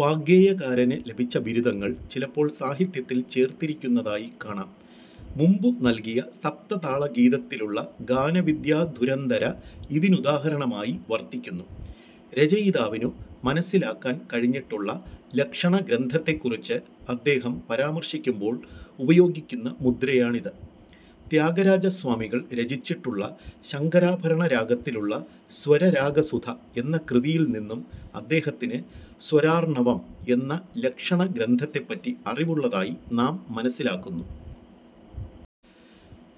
വാഗ്ഗേയകാരന് ലഭിച്ച ബിരുദങ്ങൾ ചിലപ്പോൾ സാഹിത്യത്തിൽ ചേർത്തിരിക്കുന്നതായി കാണാം. മുമ്പു നൽകിയ സപ്തതാളഗീതത്തിലുള്ള ഗാനവിദ്യാധുരന്തര ഇതിനുദാഹരണമായി വർത്തിക്കുന്നു. രചയിതാവിനു മനസ്സിലാക്കാൻ കഴിഞ്ഞിട്ടുള്ള ലക്ഷണഗ്രന്ഥത്തെക്കുറിച്ച് അദ്ദേഹം പരാമർശിക്കുമ്പോൾ ഉപയോഗിക്കുന്ന മുദ്രയാണിത്. ത്യാഗരാജസ്വാമികൾ രചിച്ചിട്ടുള്ള ശങ്കരാഭരണരാഗത്തിലുള്ള സ്വരരാഗസുധ എന്ന കൃതിയിൽനിന്നും അദ്ദേഹത്തിന് സ്വരാർണവം എന്ന ലക്ഷണഗ്രന്ഥത്തെപ്പറ്റി അറിവുള്ളതായി നാം മനസ്സിലാക്കുന്നു.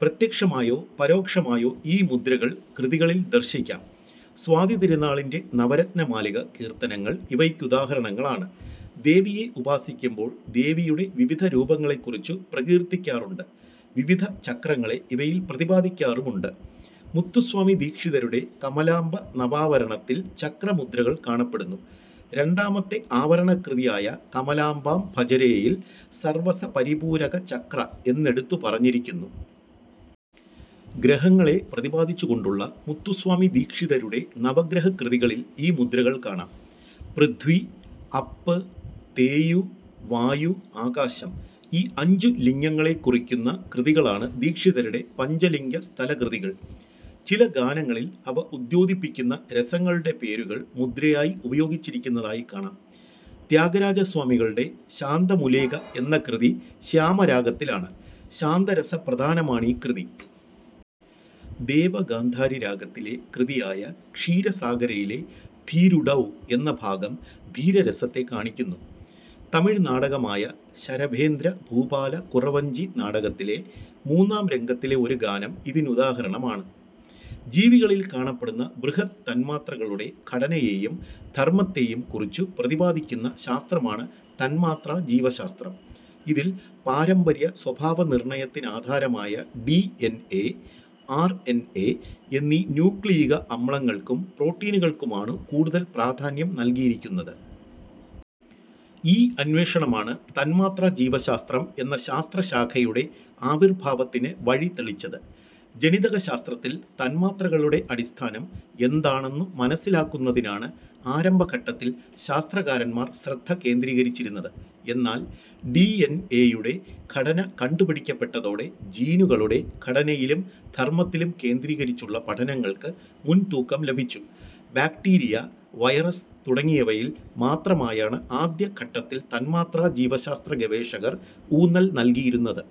പ്രത്യക്ഷമായോ പരോക്ഷമായോ ഈ മുദ്രകൾ കൃതികളിൽ ദർശിക്കാം. സ്വാതിതിരുനാളിന്റെ നവരത്നമാലിക കീർത്തനങ്ങൾ ഇവയ്ക്കുദാഹരണങ്ങളാണ്. ദേവിയെ ഉപാസിക്കുമ്പോൾ ദേവിയുടെ വിവിധ രൂപങ്ങളെക്കുറിച്ചു പ്രകീർത്തിക്കാറുണ്ട്. വിവിധ ചക്രങ്ങളെ ഇവയിൽ പ്രതിപാദിക്കാറുമുണ്ട്. മുത്തുസ്വാമിദീക്ഷിതരുടെ കമലാംബ നവാവരണത്തിൽ ചക്രമുദ്രകൾ കാണപ്പെടുന്നു. രണ്ടാമത്തെ ആവരണകൃതിയായ കമലാംബാം ഭജരേയിൽ സർവസപരിപൂരക ചക്ര എന്നെടുത്തു പറഞ്ഞിരിക്കുന്നു. ഗ്രഹങ്ങളെ പ്രതിപാദിച്ചുകൊണ്ടുള്ള മുത്തുസ്വാമിദീക്ഷിതരുടെ നവഗ്രഹകൃതികളിൽ ഈ മുദ്രകൾ കാണാം. പൃഥ്വി, അപ്പ്, തേയു, വായു, ആകാശം ഈ അഞ്ചു ലിംഗങ്ങളെക്കുറിക്കുന്ന കൃതികളാണ് ദീക്ഷിതരുടെ പഞ്ചലിംഗസ്ഥലകൃതികൾ. ചില ഗാനങ്ങളിൽ അവ ഉദ്യോതിപ്പിക്കുന്ന രസങ്ങളുടെ പേരുകൾ മുദ്രയായി ഉപയോഗിച്ചിരിക്കുന്നതായി കാണാം. ത്യാഗരാജസ്വാമികളുടെ ശാന്തമുലേക എന്ന കൃതി ശ്യാമരാഗത്തിലാണ്. ശാന്തരസപ്രധാനമാണീ കൃതി. ദേവഗാന്ധാരി രാഗത്തിലെ കൃതിയായ ക്ഷീരസാഗരയിലെ ധീരുഡൗ എന്ന ഭാഗം ധീരരസത്തെ കാണിക്കുന്നു. തമിഴ്നാടകമായ "ശരഭേദ്ര ഭൂപാല കുറവഞ്ചി നാടക"ത്തിലെ മൂന്നാംരംഗത്തിലെ ഒരു ഗാനം ഇതിനുദാഹരണമാണ്. ജീവികളിൽ കാണപ്പെടുന്ന ബൃഹത് തന്മാത്രകളുടെ ഘടനയേയും ധർമത്തേയും കുറിച്ചു പ്രതിപാദിക്കുന്ന ശാസ്ത്രമാണ് തന്മാത്രാ ജീവശാസ്ത്രം. ഇതിൽ പാരമ്പര്യ സ്വഭാവനിർണയത്തിനാധാരമായ ഡിഎൻഎ, ആർഎൻഎ എന്നീ ന്യൂക്ലിയിക അമ്ലങ്ങൾക്കും പ്രോട്ടീനുകൾക്കുമാണു കൂടുതൽ പ്രാധാന്യം നൽകിയിരിക്കുന്നത്. ഈ അന്വേഷണമാണ് തന്മാത്രാജീവശാസ്ത്രം എന്ന ശാസ്ത്രശാഖയുടെ ആവിർഭാവത്തിന് വഴി തെളിച്ചത്. ജനിതകശാസ്ത്രത്തിൽ തന്മാത്രകളുടെ അടിസ്ഥാനം എന്താണെന്നു മനസ്സിലാക്കുന്നതിനാണ് ആരംഭഘട്ടത്തിൽ ശാസ്ത്രകാരന്മാർ ശ്രദ്ധ കേന്ദ്രീകരിച്ചിരുന്നത്. എന്നാൽ ഡിഎൻഎയുടെ ഘടന കണ്ടുപിടിക്കപ്പെട്ടതോടെ ജീനുകളുടെ ഘടനയിലും ധർമത്തിലും കേന്ദ്രീകരിച്ചുള്ള പഠനങ്ങൾക്ക് മുൻതൂക്കം ലഭിച്ചു. ബാക്ടീരിയ, വൈറസ് തുടങ്ങിയവയിൽ മാത്രമായാണ് ആദ്യ ഘട്ടത്തിൽ തന്മാത്രാജീവശാസ്ത്ര ഗവേഷകർ ഊന്നൽ നൽകിയിരുന്നത്.